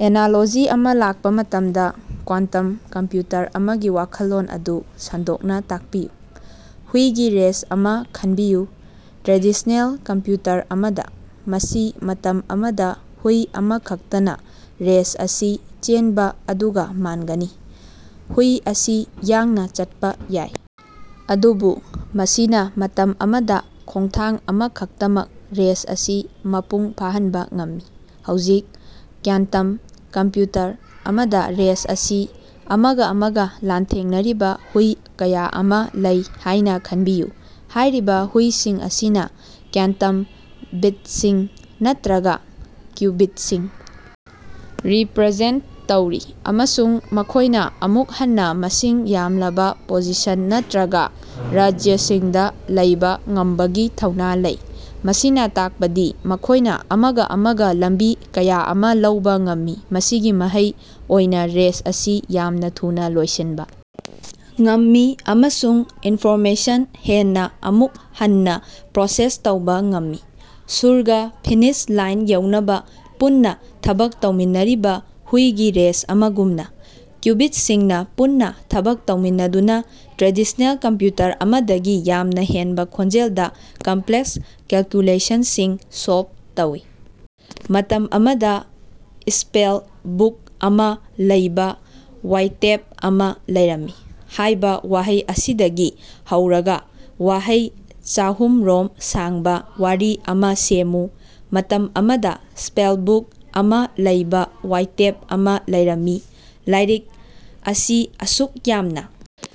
Analogy ꯑꯃ ꯂꯥꯛꯄ ꯃꯇꯝꯗ, ꯀ꯭ꯌꯥꯟꯇꯝ ꯀꯝꯄꯌꯨꯇꯔ ꯑꯃꯒꯤ ꯋꯥꯈꯜꯂꯣꯟ ꯑꯗꯨ ꯁꯟꯗꯣꯛꯅ ꯇꯥꯛꯄꯤꯌꯨ꯫ ꯍꯨꯏꯒꯤ ꯔꯦꯁ ꯑꯃ ꯈꯟꯕꯤꯌꯨ꯫ ꯇ꯭ꯔꯦꯗꯤꯁ꯭ꯅꯦꯜ ꯀꯝꯄꯌꯨꯇꯔ ꯑꯃꯗ, ꯃꯁꯤ ꯃꯇꯝ ꯑꯃꯗ ꯍꯨꯏ ꯑꯃꯈꯛꯇꯅ ꯔꯦꯁ ꯑꯁꯤ ꯆꯦꯟꯕ ꯑꯗꯨꯒ ꯃꯥꯟꯒꯅꯤ꯫ ꯍꯨꯏ ꯑꯁꯤ ꯌꯥꯡꯅ ꯆꯠꯄ ꯌꯥꯏ, ꯑꯗꯨꯕꯨ ꯃꯁꯤꯅ ꯃꯇꯝ ꯑꯃꯗ ꯈꯣꯡꯊꯥꯡ ꯑꯃꯈꯛꯇꯃꯛ ꯔꯦꯁ ꯑꯁꯤ ꯃꯄꯨꯡ ꯐꯥꯍꯟꯕ ꯉꯝꯃꯤ꯫ ꯍꯧꯖꯤꯛ, ꯀ꯭ꯌꯥꯟꯇꯝ ꯀꯝꯄꯌꯨꯇꯔ ꯑꯃꯗ ꯔꯦꯁ ꯑꯁꯤ ꯑꯃꯒ ꯑꯃꯒ ꯂꯥꯟꯊꯦꯡꯅꯔꯤꯕ ꯍꯨꯏ ꯀꯌꯥ ꯑꯃ ꯂꯩ ꯍꯥꯏꯅ ꯈꯟꯕꯤꯌꯨ꯫ ꯍꯥꯏꯔꯤꯕ ꯍꯨꯏꯁꯤꯡ ꯑꯁꯤꯅ ꯀ꯭ꯌꯥꯟꯇꯝ ꯕꯤꯠꯁꯤꯡ ꯅꯠꯇ꯭ꯔꯒꯥ ꯀ꯭ꯌꯨꯕꯤꯠꯁꯤꯡ ꯔꯤꯄꯔꯖꯦꯟꯇ ꯇꯧꯔꯤ, ꯑꯃꯁꯨꯡ ꯃꯈꯣꯏꯅ ꯑꯃꯨꯛ ꯍꯟꯅ ꯃꯁꯤꯡ ꯌꯥꯝꯂꯕ ꯄꯣꯖꯤꯁꯟ ꯅꯠꯇ꯭ꯔꯒꯥ ꯔꯥꯖ꯭ꯌꯁꯤꯡꯗ ꯂꯩꯕꯥ ꯉꯝꯕꯒꯤ ꯊꯧꯅ ꯂꯩ, ꯃꯁꯤꯅ ꯇꯥꯛꯄꯗꯤ ꯃꯈꯣꯏꯅ ꯑꯃꯒ ꯑꯃꯒ ꯂꯝꯕꯤ ꯀꯌꯥ ꯑꯃ ꯂꯧꯕ ꯉꯝꯃꯤ꯫ ꯃꯁꯤꯒꯤ ꯃꯍꯩ ꯑꯣꯏꯅ ꯔꯦꯁ ꯑꯁꯤ ꯌꯥꯝꯅ ꯊꯨꯅ ꯂꯣꯏꯁꯤꯟꯕ ꯉꯝꯃꯤ, ꯑꯃꯁꯨꯡ ꯏꯟꯐꯣꯔꯃꯦꯁꯟ ꯍꯦꯟꯅ ꯑꯃꯨꯛ ꯍꯟꯅ ꯄ꯭ꯔꯣꯁꯦꯁ ꯇꯧꯕ ꯉꯝꯃꯤ꯫ ꯁꯨꯔꯒ ꯐꯤꯅꯤꯁ ꯂꯥꯏꯟ ꯌꯧꯅꯕ ꯄꯨꯟꯅ ꯊꯕꯛ ꯇꯧꯃꯤꯟꯅꯔꯤꯕ ꯍꯨꯏꯒꯤ ꯔꯦꯁ ꯑꯃꯒꯨꯝꯅ, ꯀ꯭ꯌꯨꯕꯤꯠꯁꯤꯡꯅ ꯄꯨꯟꯅ ꯊꯕꯛ ꯇꯧꯃꯤꯟꯅꯗꯨꯅ ꯇ꯭ꯔꯦꯗꯤꯁ꯭ꯅꯦꯜ ꯀꯝꯄꯌꯨꯇꯔ ꯑꯃꯗꯒꯤ ꯌꯥꯝꯅ ꯍꯦꯟꯕ ꯈꯣꯡꯖꯦꯜꯗ ꯀꯝꯄꯂꯦꯛꯁ ꯀꯦꯜꯀꯨꯂꯦꯁꯟꯁꯤꯡ ꯁꯣꯜꯕ ꯇꯧꯏ꯫ "ꯃꯇꯝ ꯑꯃꯗ, ꯏꯁ꯭ꯄꯦꯜ ꯕꯨꯛ ꯑꯃ ꯂꯩꯕ ꯋꯥꯏꯇꯦꯞ ꯑꯃ ꯂꯩꯔꯝꯃꯤ" ꯍꯥꯏꯕ ꯋꯥꯍꯩ ꯑꯁꯤꯗꯒꯤ ꯍꯧꯔꯒ ꯋꯥꯍꯩ ꯆꯥꯍꯨꯝ ꯔꯣꯝ ꯁꯥꯡꯕ ꯋꯥꯔꯤ ꯑꯃ ꯁꯦꯝꯃꯨ꯫ ꯃꯇꯝ ꯑꯃꯗ ꯁ꯭ꯄꯦꯜ ꯕꯨꯛ ꯑꯃ ꯂꯩꯕ ꯋꯥꯏꯇꯦꯞ ꯑꯃ ꯂꯩꯔꯝꯃꯤ꯫ ꯂꯥꯏꯔꯤꯛ ꯑꯁꯤ ꯑꯁꯨꯛ ꯌꯥꯝꯅ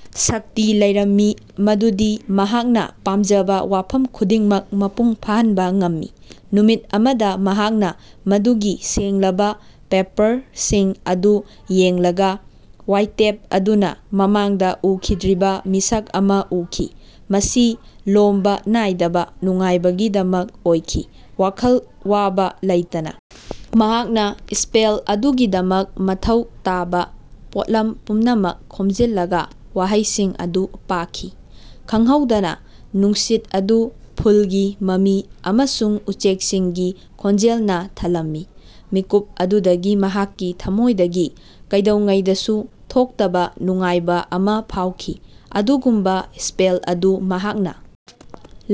ꯁꯛꯇꯤ ꯂꯩꯔꯝꯏ ꯃꯗꯨꯗꯤ ꯃꯍꯥꯛꯅ ꯄꯥꯝꯖꯕ ꯋꯥꯐꯝ ꯈꯨꯗꯤꯡꯃꯛ ꯃꯄꯨꯡ ꯐꯥꯍꯟꯕ ꯉꯝꯈꯤ꯫ ꯅꯨꯃꯤꯠ ꯑꯃꯗ, ꯃꯍꯥꯛꯅ ꯃꯗꯨꯒꯤ ꯁꯦꯡꯂꯕ ꯄꯦꯄ꯭ꯔꯁꯤꯡ ꯑꯗꯨ ꯌꯦꯡꯂꯒꯥ, ꯋꯥꯏꯇꯦꯞ ꯑꯗꯨꯅ ꯃꯃꯥꯡꯗ ꯎꯈꯤꯗ꯭ꯔꯤꯕ ꯃꯤꯁꯛ ꯑꯃ ꯎꯈꯤ; ꯃꯁꯤ ꯂꯣꯝꯕ ꯅꯥꯏꯗꯕ ꯅꯨꯡꯉꯥꯏꯕꯒꯤꯗꯃꯛ ꯑꯣꯏꯈꯤ꯫ ꯋꯥꯈꯜ ꯋꯥꯕ ꯂꯩꯇꯅ ꯃꯍꯥꯛꯅ ꯏꯁ꯭ꯄꯦꯜ ꯑꯗꯨꯒꯤꯗꯃꯛ ꯃꯊꯧ ꯇꯥꯕ ꯄꯣꯠꯂꯝ ꯄꯨꯝꯅꯃꯛ ꯈꯣꯝꯖꯤꯜꯂꯒꯥ ꯋꯥꯍꯩꯁꯤꯡ ꯑꯗꯨ ꯄꯥꯈꯤ꯫ ꯈꯪꯍꯧꯗꯅ ꯅꯨꯡꯁꯤꯠ ꯑꯗꯨ ꯐꯨꯜꯒꯤ ꯃꯃꯤ ꯑꯃꯁꯨꯡ ꯎꯆꯦꯛꯁꯤꯡꯒꯤ ꯈꯣꯟꯖꯦꯜꯅ ꯊꯜꯂꯝꯃꯤ꯫ ꯃꯤꯀꯨꯞ ꯑꯗꯨꯗꯒꯤ ꯃꯍꯥꯛꯀꯤ ꯊꯝꯃꯣꯏꯗꯒꯤ ꯀꯩꯗꯧꯉꯩꯗꯁꯨ ꯊꯣꯛꯇꯕ ꯅꯨꯡꯉꯥꯏꯕ ꯑꯃ ꯐꯥꯎꯈꯤ꯫ ꯑꯗꯨꯒꯨꯝꯕ ꯏꯁ꯭ꯄꯦꯜ ꯑꯗꯨ ꯃꯍꯥꯛꯅ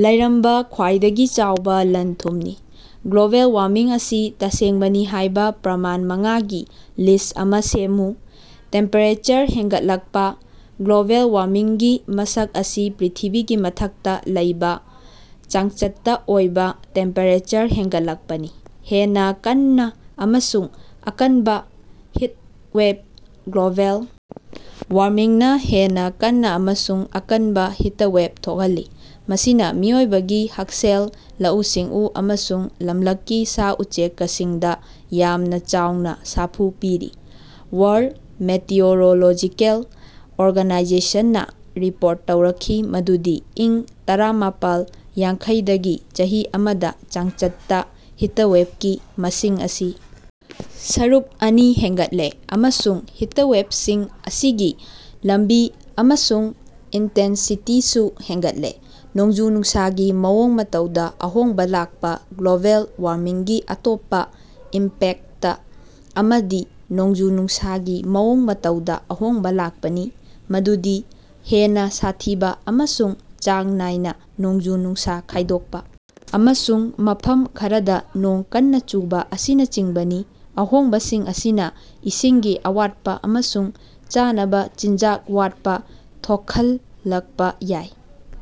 ꯂꯩꯔꯝꯕ ꯈ꯭ꯋꯥꯏꯗꯒꯤ ꯆꯥꯎꯕ ꯂꯟ-ꯊꯨꯝꯅꯤ꯫ ꯒ꯭ꯂꯣꯕꯦꯜ ꯋꯥꯔꯃꯤꯡ ꯑꯁꯤ ꯇꯁꯦꯡꯕꯅꯤ ꯍꯥꯏꯕ ꯄ꯭ꯔꯃꯥꯟ ꯃꯉꯥꯒꯤ ꯂꯤꯁ ꯑꯃ ꯁꯦꯝꯃꯨ꯫ ꯇꯦꯝꯄꯦꯔꯦꯆꯔ ꯍꯦꯟꯒꯠꯂꯛꯄ: ꯒ꯭ꯂꯣꯕꯦꯜ ꯋꯥꯔꯃꯤꯡꯒꯤ ꯃꯁꯛ ꯑꯁꯤ ꯄ꯭ꯔꯤꯊꯤꯕꯤꯒꯤ ꯃꯊꯛꯇ ꯂꯩꯕ ꯆꯥꯡꯆꯠꯇ ꯑꯣꯏꯕ ꯇꯦꯝꯄꯦꯔꯦꯆꯔ ꯍꯦꯟꯒꯠꯂꯛꯄꯅꯤ꯫ ꯍꯦꯟꯅ ꯀꯟꯅ ꯑꯃꯁꯨꯡ ꯑꯀꯟꯕ ꯍꯤꯇꯋꯦꯕ: ꯒ꯭ꯂꯣꯕꯦꯜ ꯋꯥꯔꯃꯤꯡꯅ ꯍꯦꯟꯅ ꯀꯟꯅ ꯑꯃꯁꯨꯡ ꯑꯀꯟꯕ ꯍꯤꯇꯋꯦꯕ ꯊꯣꯛꯍꯜꯂꯤ, ꯃꯁꯤꯅ ꯃꯤꯑꯣꯏꯕꯒꯤ ꯍꯛꯁꯦꯜ, ꯂꯧꯎ-ꯁꯤꯡꯎ ꯑꯃꯁꯨꯡ ꯂꯝꯂꯛꯀꯤ ꯁꯥ-ꯎꯆꯦꯀꯁꯤꯡꯗ ꯌꯥꯝꯅ ꯆꯥꯎꯅ ꯁꯥꯐꯨ ꯄꯤꯔꯤ꯫ ꯋꯥꯔꯜꯗ ꯃꯦꯇꯤꯑꯣꯔꯣꯂꯣꯖꯤꯀꯦꯜ ꯑꯣꯔꯒꯅꯥꯏꯖꯦꯁꯟꯅ ꯔꯤꯄꯣꯔꯠ ꯇꯧꯔꯛꯈꯤ ꯃꯗꯨꯗꯤ ꯏꯪ ꯇꯔꯥꯃꯄꯥꯜ ꯌꯥꯡꯈꯩꯗꯒꯤ ꯆꯍꯤ ꯑꯃꯗ ꯆꯥꯡꯆꯠꯇ ꯍꯤꯇꯋꯦꯕꯀꯤ ꯃꯁꯤꯡ ꯑꯁꯤ ꯁꯔꯨꯛ ꯑꯅꯤ ꯍꯦꯟꯒꯠꯂꯦ, ꯑꯃꯁꯨꯡ ꯍꯤꯇꯋꯦꯕꯁꯤꯡ ꯑꯁꯤꯒꯤ ꯂꯝꯕꯤ ꯑꯃꯁꯨꯡ ꯏꯟꯇꯦꯟꯁꯤꯇꯤꯁꯨ ꯍꯦꯟꯒꯠꯂꯦ꯫ ꯅꯣꯡꯖꯨ-ꯅꯨꯡꯁꯥꯒꯤ ꯃꯑꯣꯡ ꯃꯇꯧꯗ ꯑꯍꯣꯡꯕ ꯂꯥꯛꯄ: ꯒ꯭ꯂꯣꯕꯦꯜ ꯋꯥꯔꯃꯤꯡꯒꯤ ꯑꯇꯣꯞꯄ ꯏꯝꯄꯦꯛꯇ ꯑꯃꯗꯤ ꯅꯣꯡꯖꯨ-ꯅꯨꯡꯁꯥꯒꯤ ꯃꯑꯣꯡ ꯃꯇꯧꯗ ꯑꯍꯣꯡꯕ ꯂꯥꯛꯄꯅꯤ, ꯃꯗꯨꯗꯤ ꯍꯦꯟꯅ ꯁꯥꯊꯤꯕ ꯑꯃꯁꯨꯡ ꯆꯥꯡ ꯅꯥꯏꯅ ꯅꯣꯡꯖꯨ-ꯅꯨꯡꯁꯥ ꯈꯥꯏꯗꯣꯛꯄ ꯑꯃꯁꯨꯡ ꯃꯐꯝ ꯈꯔꯗ ꯅꯣꯡ ꯀꯟꯅ ꯆꯨꯕ ꯑꯁꯤꯅꯆꯤꯡꯕꯅꯤ꯫ ꯑꯍꯣꯡꯕꯁꯤꯡ ꯑꯁꯤꯅ ꯏꯁꯤꯡꯒꯤ ꯑꯋꯥꯠꯄ ꯑꯃꯁꯨꯡ ꯆꯥꯅꯕ ꯆꯤꯟꯖꯥꯛ ꯋꯥꯠꯄ ꯊꯣꯈꯜꯂꯛꯄ ꯌꯥꯏ꯫